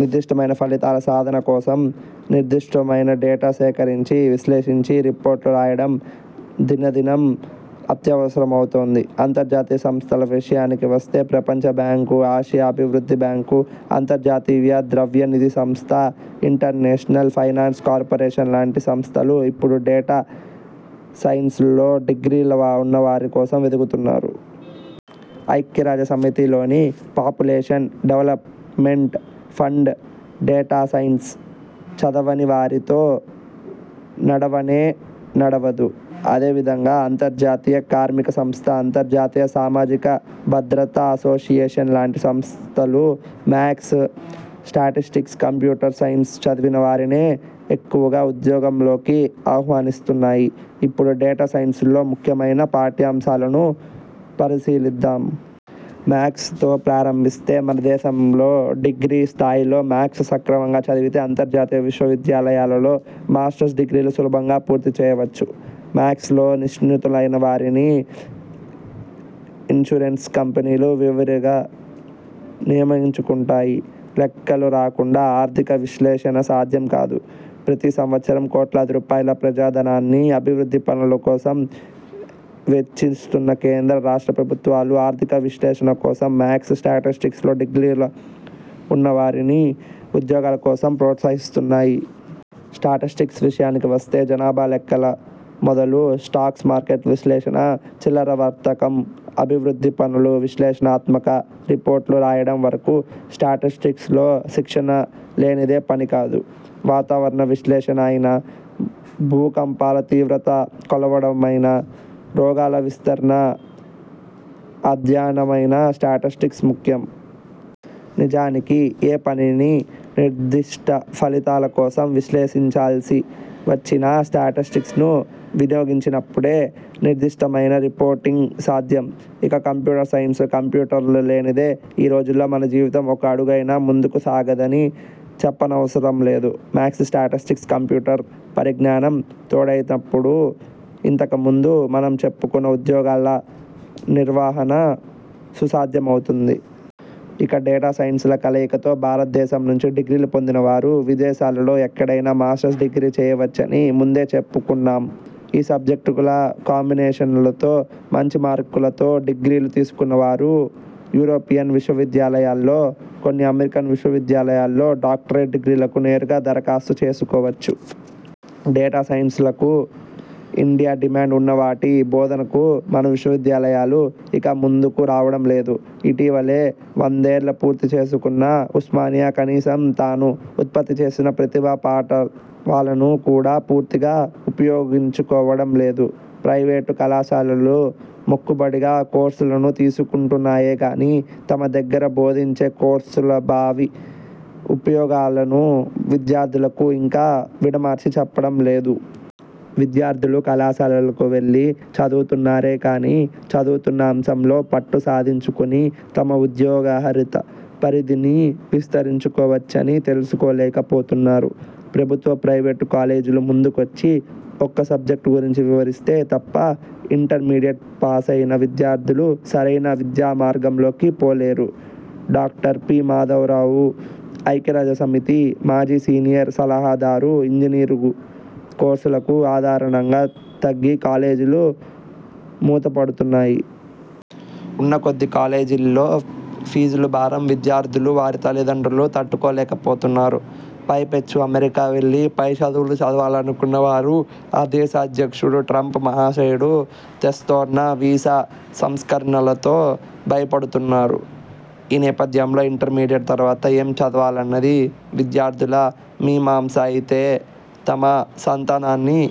నిర్దిష్టమైన ఫలితాల సాధన కోసం, నిర్దుష్టమైన డేటా సేకరించి, విశ్లేషించి రిపోర్టులు రాయడం దినదినం అత్యవసరమవుతోంది. అంతర్జాతీయ సంస్థల విషయానికి వస్తే ప్రపంచ బ్యాంకు, ఆసియా అభివృద్ధి బ్యాంకు, అంతర్జాతీయ ద్రవ్య నిధి సంస్థ, ఇంటర్నేషనల్ ఫైనాన్స్ కార్పొరేషన్ లాంటి సంస్థలు ఇప్పుడు డేటా సైన్సుల్లో డిగ్రీలున్నవారి కోసం వెదుకుతున్నాయి. ఐక్యరాజ్యసమితిలోని పాపులేషన్ డెవలప్మెంట్ ఫండ్ డేటాసైన్సు చదవని వారితో నడవనే నడవదు. అదే విధంగా అంతర్జాతీయ కార్మిక సంస్థ, అంతర్జాతీయ సామాజిక భద్రతా అసోసియేషన్ లాంటి సంస్థలు మ్యాథ్స్, స్టాటిస్టిక్స్, కంప్యూటర్ సైన్సు చదివిన వారినే ఎక్కువగా ఉద్యోగాల్లోనికి ఆహ్వానిస్తున్నాయి. ఇప్పుడు డేటా సైన్సుల్లో ముఖ్యమైన పాఠ్యాంశాలను పరిశీలిద్దాం. మ్యాథ్స్ తో ప్రారంభిస్తే, మన దేశంలో డిగ్రీ స్థాయిలోనే మ్యాథ్స్ సక్రమంగా చదివితే అంతర్జాతీయ విశ్వవిద్యాలయాలలో మాస్టర్స్ డిగ్రీలు సులభంగా పూర్తి చేయవచ్చు. మ్యాథ్స్లో నిష్ణాతులైన వారిని ఇన్సూరెన్సు కంపెనీలు విరివిగా నియమించుకుంటున్నాయి. లెక్కలు రాకుండా ఆర్థిక విశ్లేషణ సాధ్యం కాదు. ప్రతి సంవత్సరం కోట్లాది రూపాయల ప్రజా ధనాన్ని అభివృద్ధి పనుల కోసం వెచ్చిస్తున్న కేంద్ర, రాష్ట్ర ప్రభుత్వాలు ఆర్థిక విశ్లేషణ కోసం మ్యాథ్స్, స్టాటిస్టిక్స్ లో డిగ్రీలున్న వారిని ఉద్యోగాల కోసం ప్రోత్సహిస్తున్నాయి. స్టాటిస్టిక్స్ విషయానికి వస్తే జనాభా లెక్కల మొదలు, స్టాక్ మార్కెట్ల విశ్లేషణ, చిల్లర వర్తకం, అభివృద్ధి పనుల విశ్లేషణాత్మక రిపోర్టులు రాయడం వరకు స్టాటిస్టిక్స్ లో శిక్షణ లేనిదే పని కాదు. వాతావరణ విశ్లేషణ అయినా, భూకంపాల తీవ్రత కొలవడమైనా, రోగాల విస్తరణ అధ్యయనమైనా స్టాటిస్టిక్స్ ముఖ్యం. నిజానికి ఏ పనిని నిర్దిష్ట ఫలితాల కోసం విశ్లేషించాల్సి వచ్చినా స్టాటిస్టిక్స్ ను వినియోగించినప్పుడే నిర్దుష్టమైన రిపోర్టింగ్ సాధ్యం. ఇక కంప్యూటర్ సైన్సు, కంప్యూటర్లు లేనిదే ఈ రోజుల్లో మన జీవితం ఒక అడుగైనా ముందుకు సాగదని చెప్పనవసరం లేదు. మ్యాథ్స్, స్టాటిస్టిక్స్, కంప్యూ టర్ పరిజ్ఞానం తోడైనప్పుడు ఇంతకుముందు మనం చెప్పుకున్న ఉద్యోగాల నిర్వహణ సుసాధ్యమవుతుంది. ఇక డేటా సైన్సుల కలయికతో భారతదేశం నుంచి డిగ్రీలు పొందిన వారు విదేశాలలో ఎక్కడైనా మాస్టర్స్ డిగ్రీ చేయవచ్చని ముందే చెప్పుకున్నాం. ఈ సబ్జెక్టుల కాంబినేషన్తో మంచి మార్కులతో డిగ్రీలు తీసుకున్న వారు, యూరోపియన్ విశ్వవిద్యాలయాల్లో, కొన్ని అమెరికన్ విశ్వవిద్యాలయాల్లో డాక్టరేట్ డిగ్రీలకు నేరుగా దరఖాస్తు చేసుకోవచ్చు. డేటా సైన్సులకు ఇంత డిమాండ్ ఉన్నా వాటి బోధనకు మన విశ్వవిద్యాలయాలు ఇంకా ముందుకు రావడం లేదు. ఇటీవలే వందేళ్ళు పూర్తి చేసుకున్న ఉస్మానియా కనీసం తాను ఉత్పత్తి చేసిన ప్రతిభా పాటవాలను కూడా పూర్తిగా ఉపయోగించుకోవడం లేదు. ప్రైవేటు కళాశాలలు మొక్కుబడిగా కోర్సులను తీసుకుంటున్నాయే గానీ, తమ దగ్గర బోధించే కోర్సుల భావి ఉపయోగాలను విద్యార్థులకు ఇంకా విడమర్చి చెప్పడం లేదు. విద్యార్థులు కళాశాలలకు వెళ్ళి చదువుతున్నారే గానీ, చదువుతున్న అంశంలో పట్టు సాధించుకుని తమ ఉద్యోగా హరిత పరిధిని విస్తరించుకోవచ్చని తెలుసుకోలేక పోతున్నారు. ప్రభుత్వ, ప్రైవేటు కాలేజీలు ముందుకొచ్చి ఒక్కో సబ్జెక్టు గురించి వివరిస్తే తప్ప ఇంటర్మీడియెట్ పాసైన విద్యార్థులు సరైన విద్యామార్గంలోకి పోలేరు. Doctor P. మాధవరావు ఐక్యరాజ్యసమితి మాజీ సీనియర్ సలహాదారు ఇంజనీరింగు కోర్సులకు ఆదరణ తగ్గి కాలేజీలు మూతపడుతున్నాయి. ఉన్న కొద్ది కాలేజీల్లో ఫీజులు భారం విద్యార్థులూ, వారి తల్లి దండ్రులూ తట్టుకోలేకపోతున్నారు. పైపెచ్చు అమెరికా వెళ్లి పై చదువులు చదవాలనుకున్న వారు ఆ దేశాధ్యక్షుడు ట్రంప్ మహాశయుడు తెస్తోన్న వీసా సంస్కరణలతో భయపడుతున్నారు. ఈ నేపథ్యంలో, ఇంటర్మీడియెట్ తర్వాత ఏం చదవాలన్నది విద్యార్థుల మీమాంస అయితే, తమ సంతానాన్ని